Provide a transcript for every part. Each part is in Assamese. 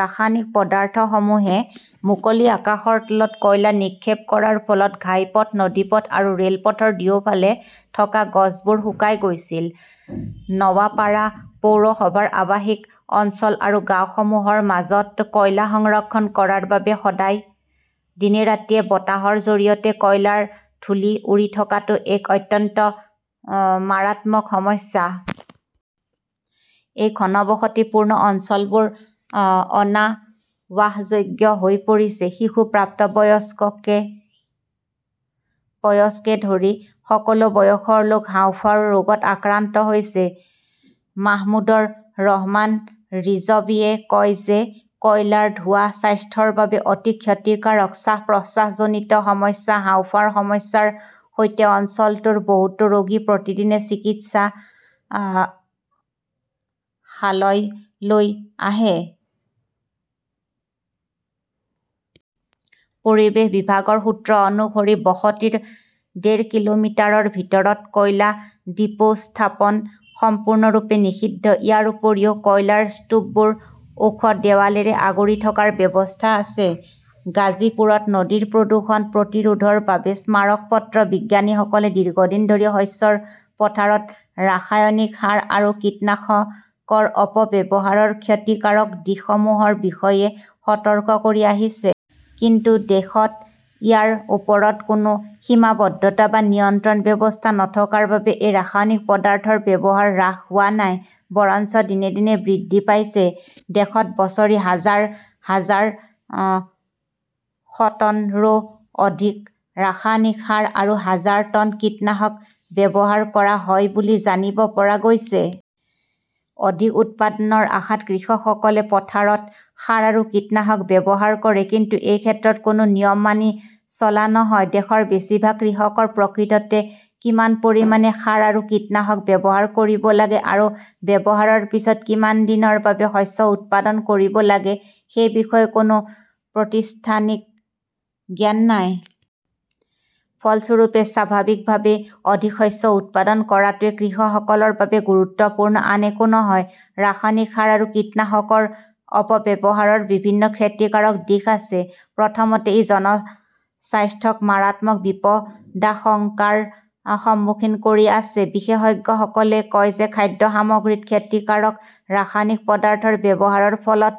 ৰাসায়নিক পদাৰ্থসমূহে মুকলি আকাশৰ তলত কয়লা নিক্ষেপ কৰাৰ ফলত ঘাইপথ, নদীপথ আৰু ৰেলপথৰ দুয়োফালে থকা গছবোৰ শুকাই গৈছিল। নৱাপাৰা পৌৰসভাৰ আৱাসিক অঞ্চল আৰু গাঁওসমূহৰ মাজত কয়লা সংৰক্ষণ কৰাৰ বাবে সদায় দিনে ৰাতিয়ে বতাহৰ জৰিয়তে কয়লাৰ ধূলি উৰি থকাটো এক অত্যন্ত মাৰাত্মক সমস্যা। এই ঘনবসতিপূৰ্ণ অঞ্চলবোৰ অনাৱাসযোগ্য হৈ পৰিছে। শিশু, প্ৰাপ্তবয়স্ককে ধৰি সকলো বয়সৰ লোক হাঁওফাঁওৰ ৰোগত আক্ৰান্ত হৈছে। মাহমুদৰ ৰহমান ৰিজৱীয়ে কয় যে কয়লাৰ ধোঁৱা স্বাস্থ্যৰ বাবে অতি ক্ষতিকাৰক। শ্বাস-প্ৰশ্বাসজনিত সমস্যা, হাঁওফাঁওৰ সমস্যাৰ সৈতে অঞ্চলটোৰ বহুতো ৰোগী প্ৰতিদিনে চিকিৎসালয়লৈ আহে। পৰিৱেশ বিভাগৰ সূত্ৰ অনুসৰি, বসতিৰ ডেৰ কিলোমিটাৰৰ ভিতৰত কয়লা ডিপো স্থাপন সম্পূৰ্ণৰূপে নিষিদ্ধ। ইয়াৰ উপৰিও, কয়লাৰ স্তূপবোৰ ওখ দেৱালেৰে আগুৰি থকাৰ ব্যৱস্থা আছে। গাজীপুৰত নদীৰ প্ৰদূষণ প্ৰতিৰোধৰ বাবে স্মাৰক পত্ৰ বিজ্ঞানীসকলে দীৰ্ঘদিন ধৰি শস্যৰ পথাৰত ৰাসায়নিক সাৰ আৰু কীটনাশকৰ অপব্যৱহাৰৰ ক্ষতিকাৰক দিশসমূহৰ বিষয়ে সতৰ্ক কৰি আহিছে। কিন্তু দেশত ইয়াৰ ওপৰত কোনো সীমাবদ্ধতা বা নিয়ন্ত্ৰণ ব্যৱস্থা নথকাৰ বাবে এই ৰাসায়নিক পদাৰ্থৰ ব্যৱহাৰ হ্ৰাস হোৱা নাই, বৰঞ্চ দিনে দিনে বৃদ্ধি পাইছে। দেশত বছৰি হাজাৰ হাজাৰ ষটনৰো অধিক ৰাসায়নিক সাৰ আৰু হাজাৰ টন কীটনাশক ব্যৱহাৰ কৰা হয় বুলি জানিব পৰা গৈছে। অধিক উৎপাদনৰ আশাত কৃষকসকলে পথাৰত সাৰ আৰু কীটনাশক ব্যৱহাৰ কৰে। কিন্তু এই ক্ষেত্ৰত কোনো নিয়ম মানি চলা নহয়। দেশৰ বেছিভাগ কৃষকৰ প্ৰকৃততে কিমান পৰিমাণে সাৰ আৰু কীটনাশক ব্যৱহাৰ কৰিব লাগে আৰু ব্যৱহাৰৰ পিছত কিমান দিনৰ বাবে শস্য উৎপাদন কৰিব লাগে সেই বিষয়ে কোনো প্ৰতিষ্ঠানিক জ্ঞান নাই। ফলস্বৰূপে, স্বাভাৱিকভাৱেই অধিক শস্য উৎপাদন কৰাটোৱেই কৃষকসকলৰ বাবে গুৰুত্বপূৰ্ণ, আন একো নহয়। ৰাসায়নিক সাৰ আৰু কীটনাশকৰ অপব্যৱহাৰৰ বিভিন্ন ক্ষতিকাৰক দিশ আছে। প্ৰথমতে, ই জনস্বাস্থ্যক মাৰাত্মক বিপদাশংকাৰ সন্মুখীন কৰি আছে। বিশেষজ্ঞসকলে কয় যে খাদ্য সামগ্ৰীত ক্ষতিকাৰক ৰাসায়নিক পদাৰ্থৰ ব্যৱহাৰৰ ফলত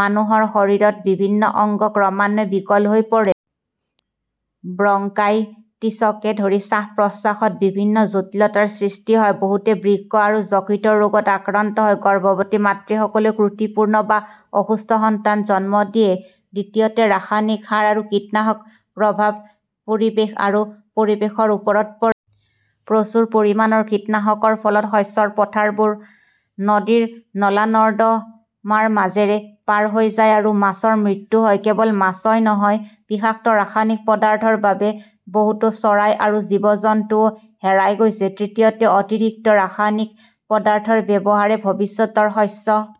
মানুহৰ শৰীৰত বিভিন্ন অংগ ক্ৰমান্বয়ে বিকল হৈ পৰে। ব্ৰংকাইটিছকে ধৰি শ্বাস-প্ৰশ্বাসত বিভিন্ন জটিলতাৰ সৃষ্টি হয়। বহুতে বৃক্ক আৰু যকৃতৰ ৰোগত আক্ৰান্ত হয়। গৰ্ভৱতী মাতৃসকলেও ত্ৰুটিপূৰ্ণ বা অসুস্থ সন্তান জন্ম দিয়ে। দ্বিতীয়তে, ৰাসায়নিক সাৰ আৰু কীটনাশকৰ প্ৰভাৱ পৰিৱেশ আৰু পৰিৱেশৰ ওপৰত পৰে। প্ৰচুৰ পৰিমাণৰ কীটনাশকৰ ফলত শস্যৰ পথাৰবোৰ নদীৰ নলা-নৰ্দমাৰ মাজেৰে পাৰ হৈ যায় আৰু মাছৰ মৃত্যু হয়। কেৱল মাছই নহয়, বিষাক্ত ৰাসায়নিক পদাৰ্থৰ বাবে বহুতো চৰাই আৰু জীৱ-জন্তুও হেৰাই গৈছে। তৃতীয়তে, অতিৰিক্ত ৰাসায়নিক পদাৰ্থৰ ব্যৱহাৰে ভৱিষ্যতৰ শস্য